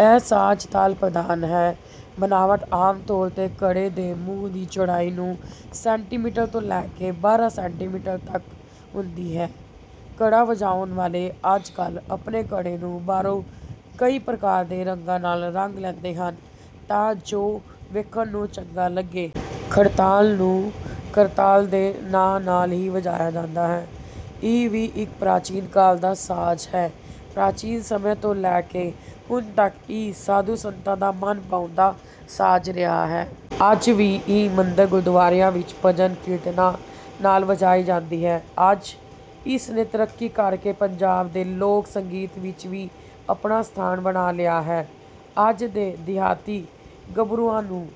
ਇਹ ਸਾਜ਼ ਤਾਲ ਪ੍ਰਧਾਨ ਹੈ। ਬਣਾਵਟ, ਆਮ ਤੌਰ ਤੇ ਘੜੇ ਦੇ ਮੂੰਹ ਦੀ ਚੌੜਾਈ ਨੌ ਸੈਂਟੀਮੀਟਰ ਤੋਂ ਲੈ ਕੇ ਬਾਰਾਂ ਸੈਂਟੀਮੀਟਰ ਤਕ ਹੁੰਦੀ ਹੈ। ਘੜਾ ਵਜਾਉਣ ਵਾਲੇ ਅੱਜ ਕਲ੍ਹ ਆਪਣੇ ਘੜੇ ਨੂੰ ਬਾਹਰੋਂ ਕਈ ਪ੍ਰਕਾਰ ਦੇ ਰੰਗਾਂ ਨਾਲ ਰੰਗ ਲੈਂਦੇ ਹਨ ਤਾਂ ਜੋ ਵੇਖਣ ਨੂੰ ਚੰਗਾਂ ਲੱਗੇ। ਖੜਤਾਲ ਨੂੰ ਕਰਤਾਲ ਦੇ ਨਾਂ ਨਾਲ ਵੀ ਜਾਣਿਆ ਜਾਂਦਾ ਹੈ। ਇਹ ਵੀ ਇੱਕ ਪ੍ਰਾਚੀਨ ਕਾਲ ਦਾ ਸਾਜ਼ ਹੈ। ਪ੍ਰਾਚੀਨ ਸਮੇਂ ਤੋਂ ਲੈ ਕੇ ਹੁਣ ਤਕ ਇਹ ਸਾਧੂ ਸੰਤਾਂ ਦਾ ਮਨ ਭਾਉਂਦਾ ਸਾਜ਼ ਰਿਹਾ ਹੈ। ਅੱਜ ਵੀ ਇਹ ਮੰਦਰ, ਗੁਰਦੁਆਰਿਆਂ ਵਿੱਚ ਭਜਨ, ਕੀਰਤਨਾਂ ਨਾਲ ਵਜਾਈ ਜਾਂਦੀ ਹੈ। ਅੱਜ ਇਸ ਨੇ ਤਰੱਕੀ ਕਰ ਕੇ ਪੰਜਾਬ ਦੇ ਲੋਕ ਸੰਗੀਤ ਵਿੱਚ ਵੀ ਆਪਣਾ ਸਥਾਨ ਬਣਾ ਲਿਆ ਹੈ। ਅੱਜ ਦੇ ਦਿਹਾਤੀ ਗੱਭਰੂਆਂ ਨੂੰ,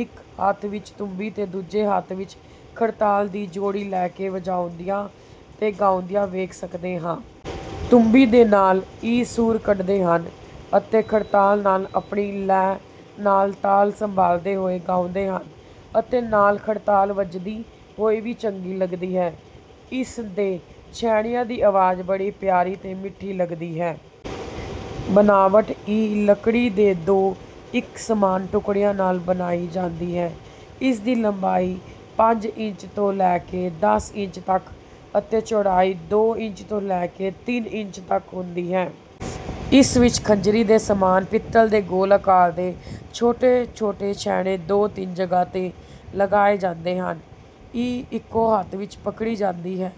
ਇੱਕ ਹੱਥ ਵਿੱਚ ਤੂੰਬੀ ਤੇ ਦੂਜੇ ਹੱਥ ਵਿੱਚ ਖੜਤਾਲ ਦੀ ਜੋੜੀ ਲੈ ਕੇ ਵਜਾਉਂਦਿਆਂ ਤੇ ਗਾਉਂਦਿਆਂ ਵੇਖ ਸਕਦੇ ਹਾਂ। ਤੂੰਬੀ ਦੇ ਨਾਲ ਇਹ ਸੁਰ ਕੱਢਦੇ ਹਨ ਅਤੇ ਖੜਤਾਲ ਨਾਲ ਆਪਣੀ ਲੈਅ ਨਾਲ ਤਾਲ ਸੰਭਾਲਦੇ ਹੋਏ ਗਾਉਂਦੇ ਹਨ ਅਤੇ ਨਾਲ ਖੜਤਾਲ ਵੱਜਦੀ ਹੋਈ ਵੀ ਚੰਗੀ ਲਗਦੀ ਹੈ। ਇਸ ਦੇ ਛੈਣਿਆਂ ਦੀ ਆਵਾਜ਼ ਬੜੀ ਪਿਆਰੀ ਤੇ ਮਿੱਠੀ ਲੱਗਦੀ ਹੈ। ਬਣਾਵਟ, ਇਹ ਲੱਕੜੀ ਦੇ ਦੋ, ਇੱਕ ਸਮਾਨ ਟੁਕੜਿਆਂ ਨਾਲ ਬਣਾਈ ਜਾਂਦੀ ਹੈ। ਇਸ ਦੀ ਲੰਬਾਈ ਪੰਜ ਇੰਚ ਤੋਂ ਲੈ ਕੇ ਦਸ ਇੰਚ ਤਕ ਅਤੇ ਚੌੜਾਈ ਦੋ ਇੰਚ ਤੋਂ ਲੈ ਕੇ ਤਿੰਨ ਇੰਚ ਤਕ ਹੁੰਦੀ ਹੈ। ਇਸ ਵਿੱਚ ਖੰਜਰੀ ਦੇ ਸਮਾਨ ਪਿੱਤਲ ਦੇ ਗੋਲ ਆਕਾਰ ਦੇ ਛੋਟੇ-ਛੋਟੇ ਛੈਣੇ ਦੋ ਤਿੰਨ ਜਗ੍ਹਾ ਤੇ ਲਗਾਏ ਜਾਂਦੇ ਹਨ। ਇਹ ਇਕੋ ਹੱਥ ਵਿੱਚ ਪਕੜੀ ਜਾਂਦੀ ਹੈ।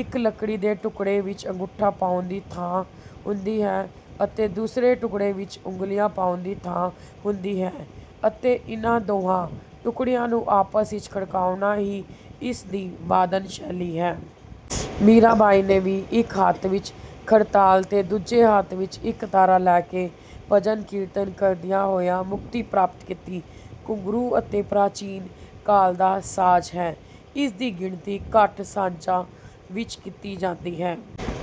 ਇੱਕ ਲਕੜੀ ਦੇ ਟੁਕੜੇ ਵਿੱਚ ਅੰਗੂਠਾ ਪਾਉਣ ਦੀ ਥਾਂ ਹੁੰਦੀ ਹੈ ਅਤੇ ਦੂਸਰੇ ਟੁਕੜੇ ਵਿੱਚ ਉਂਗਲੀਆਂ ਪਾਉਣ ਦੀ ਥਾਂ ਹੁੰਦੀ ਹੈ ਅਤੇ ਇਨ੍ਹਾਂ ਦੋਹਾਂ ਟੁਕੜਿਆਂ ਨੂੰ ਆਪਸ ਵਿੱਚ ਖੜਕਾਉਣਾ ਹੀ ਇਸ ਦੀ ਵਾਦਨ ਸ਼ੈਲੀ ਹੈ। ਮੀਰਾ ਬਾਈ ਨੇ ਵੀ ਇੱਕ ਹੱਥ ਵਿੱਚ ਖੜਤਾਲ ਤੇ ਦੂਜੇ ਹੱਥ ਵਿੱਚ ਇੱਕ ਤਾਰਾ ਲੇ ਕੇ ਭਜਨ, ਕੀਰਤਨ ਕਰਦਿਆਂ ਹੋਇਆਂ ਮੁਕਤੀ ਪ੍ਰਾਪਤ ਕੀਤੀ| ਘੁੰਘਰੂ ਅਤਿ ਪ੍ਰਾਚੀਨ ਕਾਲ ਦਾ ਸਾਜ਼ ਹੈ। ਇਸ ਦੀ ਗਿਣਤੀ ਘਟ ਸਾਜ਼ਾਂ ਵਿੱਚ ਕੀਤੀ ਜਾਂਦੀ ਹੈ।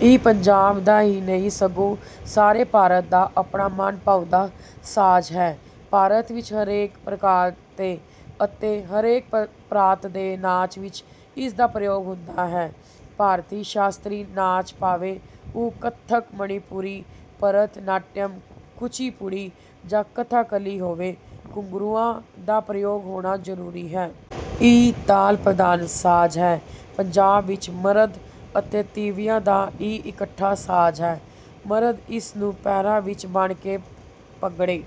ਇਹ ਪੰਜਾਬ ਦਾ ਹੀ ਨਹੀਂ ਸਗੋਂ ਸਾਰੇ ਭਾਰਤ ਦਾ ਆਪਣਾ ਮਨ ਭਾਉਂਦਾ ਸਾਜ਼ ਹੈ। ਭਾਰਤ ਵਿੱਚ ਹਰੇਕ ਪ੍ਰਕਾਰ ਦੇ ਅਤੇ ਹਰੇਕ ਪ੍ਰਾਂਤ ਦੇ ਨਾਚ ਵਿੱਚ ਇਸ ਦਾ ਪ੍ਰਯੋਗ ਹੁੰਦਾ ਹੈ। ਭਾਰਤੀ ਸ਼ਾਸਤਰੀ ਨਾਚ ਭਾਵੇਂ ਉਹ ਕਥਕ, ਮਣੀਪੁਰੀ, ਭਰਤ ਨਾਟਯਮ, ਕੁਚੀ ਪੂੜੀ ਜਾਂ ਕਥਾ ਕਲੀ ਹੋਵੇ, ਘੁੰਘਰੂਆਂ ਦਾ ਪ੍ਰਯੋਗ ਹੋਣਾ ਜ਼ਰੂਰੀ ਹੈ। ਇਹ ਤਾਲ ਪ੍ਰਧਾਨ ਸਾਜ਼ ਹੈ। ਪੰਜਾਬ ਵਿੱਚ ਮਰਦ ਅਤੇ ਤੀਵੀਆਂ ਦਾ ਇਹ ਇਕੱਠਾ ਸਾਜ਼ ਹੈ। ਮਰਦ ਇਸ ਨੂੰ ਪੈਰਾਂ ਵਿੱਚ ਬੰਨ੍ਹ ਕੇ ਭੰਗੜੇ